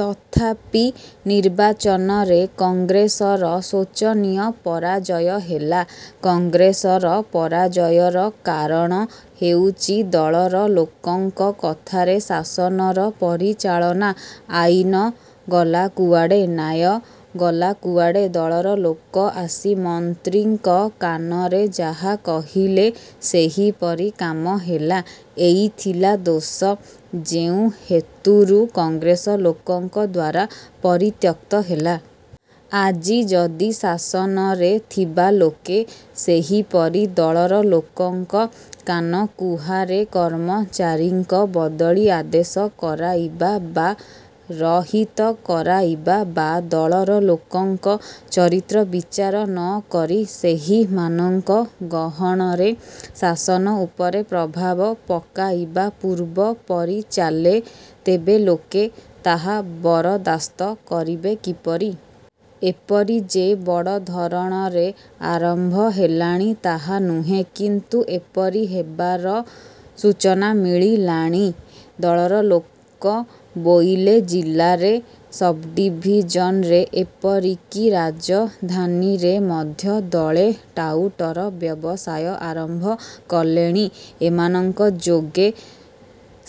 ତଥାପି ନିର୍ବାଚନରେ କଂଗ୍ରେସର ଶୋଚନୀୟ ପରାଜୟ ହେଲା। କଂଗ୍ରେସର ପରାଜୟର କାରଣ ହେଉଚି, ଦଳର ଲୋକଙ୍କ କଥାରେ ଶାସନର ପରିଚାଳନା। ଆଇନ ଗଲା କୁଆଡ଼େ, ନ୍ୟାୟ ଗଲା କୁଆଡ଼େ, ଦଳର ଲୋକ ଆସି ମନ୍ତ୍ରୀଙ୍କ କାନରେ ଯାହା କହିଲେ, ସେହିପରି କାମ ହେଲା। ଏଇ ଥିଲା ଦୋଷ, ଯେଉଁ ହେତୁରୁ କଂଗ୍ରେସ ଲୋକଙ୍କଦ୍ୱାରା ପରିତ୍ୟକ୍ତ ହେଲା। ଆଜି ଯଦି ଶାସନରେ ଥିବା ଲୋକେ ସେହିପରି ଦଳର ଲୋକଙ୍କ କାନକୁହାରେ କର୍ମଚାରୀଙ୍କ ବଦଳି ଆଦେଶ କରାଇବା ବା ରହିତ କରାଇବା ବା ଦଳର ଲୋକଙ୍କ ଚରିତ୍ର ବିଚାର ନକରି ସେହିମାନଙ୍କ ଗହଣରେ ଶାସନ ଉପରେ ପ୍ରଭାବ ପକାଇବା ପୂର୍ବପରି ଚାଲେ, ତେବେ ଲୋକେ ତାହା ବରଦାସ୍ତ କରିବେ କିପରି? ଏପରି ଯେ ବଡ଼ ଧରଣରେ ଆରମ୍ଭ ହେଲାଣି ତାହା ନୁହେଁ; କିନ୍ତୁ ଏପରି ହେବାର ସୂଚନା ମିଳିଲାଣି। ଦଳର ଲୋକ ବୋଇଲେ ଜିଲାରେ ସବ୍ଡ଼ିଭିଜନରେ ଏପରିକି ରାଜଧାନୀରେ ମଧ୍ୟ ଦଳେ ଟାଉଟର ବ୍ୟବସାୟ ଆରମ୍ଭ କଲେଣି। ଏମାନଙ୍କ ଯୋଗେ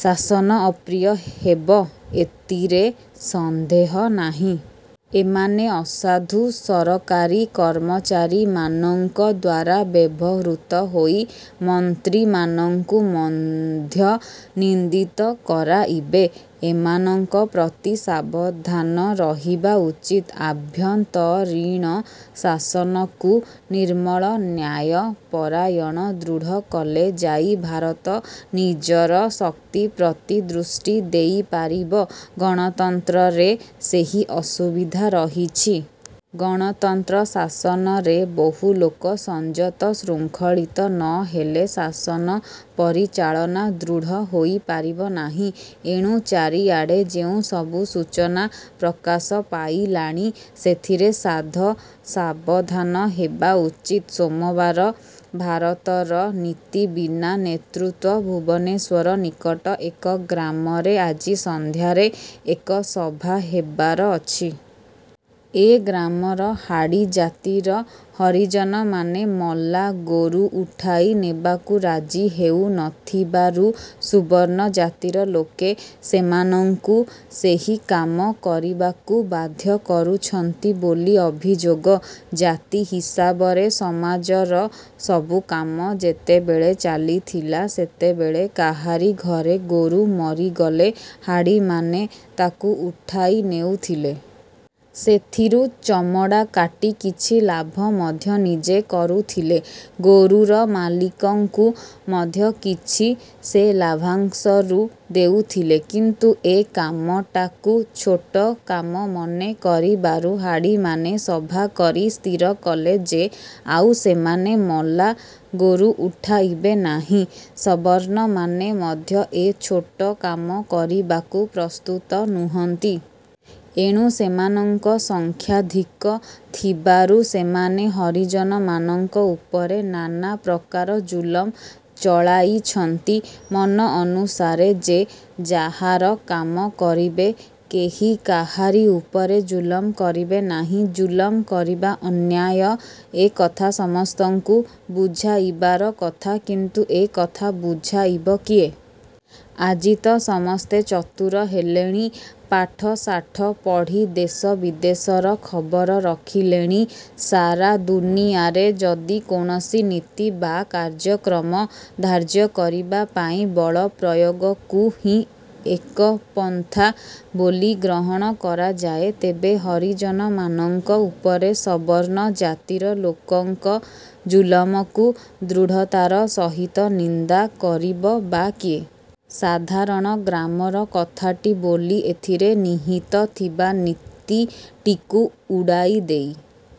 ଶାସନ ଅପ୍ରିୟ ହେବ, ଏତିରେ ସନ୍ଦେହ ନାହିଁ। ଏମାନେ ଅସାଧୁ ସରକାରୀ କର୍ମଚାରୀମାନଙ୍କ ଦ୍ୱାରା ବ୍ୟବହୃତ ହୋଇ ମନ୍ତ୍ରୀମାନଙ୍କୁ ମଧ୍ୟ ନିନ୍ଦିତ କରାଇବେ। ଏମାନଙ୍କ ପ୍ରତି ସାବଧାନ ରହିବା ଉଚିତ। ଆଭ୍ୟନ୍ତରୀଣ ଶାସନକୁ ନିର୍ମଳ ନ୍ୟାୟପରାୟଣ ଦୃଢ଼ କଲେ ଯାଇ ଭାରତ ନିଜର ଶକ୍ତି ପ୍ରତି ଦୃଷ୍ଟି ଦେଇପାରିବ। ଗଣତନ୍ତ୍ରରେ ସେହି ଅସୁବିଧା ରହିଛି। ଗଣତନ୍ତ୍ର ଶାସନରେ ବହୁ ଲୋକ ସଂଯତ ଶୃଙ୍ଖଳିତ ନ ହେଲେ ଶାସନ ପରିଚାଳନା ଦୃଢ଼ ହୋଇପାରିବ ନାହିଁ। ଏଣୁ ଚାରିଆଡ଼େ ଯେଉଁ ସବୁ ସୂଚନା ପ୍ରକାଶ ପାଇଲାଣି, ସେଥିରେ ସାଧ ସାବଧାନ ହେବା ଉଚିତ। ସୋମବାର ଭାରତର ନୀତି ବିନା ନେତୃତ୍ୱ ଭୁବନେଶ୍ୱର ନିକଟ ଏକ ଗ୍ରାମରେ ଆଜି ସନ୍ଧ୍ୟାରେ ଏକ ସଭା ହେବାର ଅଛି। ଏ ଗ୍ରାମର ହାଡ଼ି ଜାତିର ହରିଜନମାନେ ମଲା ଗୋରୁ ଉଠାଇ ନେବାକୁ ରାଜି ହେଉ ନ ଥିବାରୁ ସୁବର୍ଣ୍ଣ ଜାତିର ଲୋକେ ସେମାନଙ୍କୁ ସେହି କାମ କରିବାକୁ ବାଧ୍ୟ କରୁଛନ୍ତି ବୋଲି ଅଭିଯୋଗ। ଜାତି ହିସାବରେ ସମାଜର ସବୁ କାମ ଯେତେବେଳେ ଚାଲିଥିଲା, ସେତେବେଳେ କାହାରି ଘରେ ଗୋରୁ ମରିଗଲେ, ହାଡ଼ିମାନେ ତାକୁ ଉଠାଇ ନେଉଥିଲେ। ସେଥିରୁ ଚମଡ଼ା କାଟି କିଛି ଲାଭ ମଧ୍ୟ ନିଜେ କରୁଥିଲେ। ଗୋରୁର ମାଲିକଙ୍କୁ ମଧ୍ୟ କିଛି ସେ ଲାଭାଂଶରୁ ଦେଉଥିଲେ; କିନ୍ତୁ ଏ କାମଟାକୁ ଛୋଟ କାମ ମନେ କରିବାରୁ ହାଡ଼ିମାନେ ସଭାକରି ସ୍ଥିରକଲେ ଯେ ଆଉ ସେମାନେ ମଲା ଗୋରୁ ଉଠାଇବେ ନାହିଁ। ସବର୍ଣ୍ଣମାନେ ମଧ୍ୟ ଏ ଛୋଟ କାମ କରିବାକୁ ପ୍ରସ୍ତୁତ ନୁହନ୍ତି। ଏଣୁ ସେମାନଙ୍କ ସଂଖ୍ୟାଧିକ ଥିବାରୁ ସେମାନେ ହରିଜନମାନଙ୍କ ଉପରେ ନାନା ପ୍ରକାର ଜୁଲମ ଚଳାଇଛନ୍ତି। ମନ ଅନୁସାରେ ଯେ ଯାହାର କାମ କରିବେ, କେହି କାହାରି ଉପରେ ଜୁଲମ କରିବେ ନାହିଁ, ଜୁଲମ କରିବା ଅନ୍ୟାୟ ଏ କଥା ସମସ୍ତଙ୍କୁ ବୁଝାଇବାର କଥା, କିନ୍ତୁ ଏ କଥା ବୁଝାଇବ କିଏ? ଆଜି ତ ସମସ୍ତେ ଚତୁର ହେଲେଣି, ପାଠଶାଠ ପଢ଼ି ଦେଶ ବିଦେଶର ଖବର ରଖିଲେଣି। ସାରା ଦୁନିଆରେ ଯଦି କୌଣସି ନୀତି ବା କାର୍ଯ୍ୟକ୍ରମ ଧାର୍ଯ୍ୟ କରିବାପାଇଁ ବଳ ପ୍ରୟୋଗକୁ ହିଁ ଏକ ପନ୍ଥା ବୋଲି ଗ୍ରହଣ କରାଯାଏ, ତେବେ ହରିଜନମାନଙ୍କ ଉପରେ ସବର୍ଣ୍ଣ ଜାତିର ଲୋକଙ୍କ ଜୁଲମକୁ ଦୃଢ଼ତାର ସହିତ ନିନ୍ଦା କରିବ ବା କିଏ? ସାଧାରଣ ଗ୍ରାମର କଥାଟି ବୋଲି ଏଥିରେ ନିହିତ ଥିବା ନୀତିଟିକୁ ଉଡ଼ାଇ ଦେଇ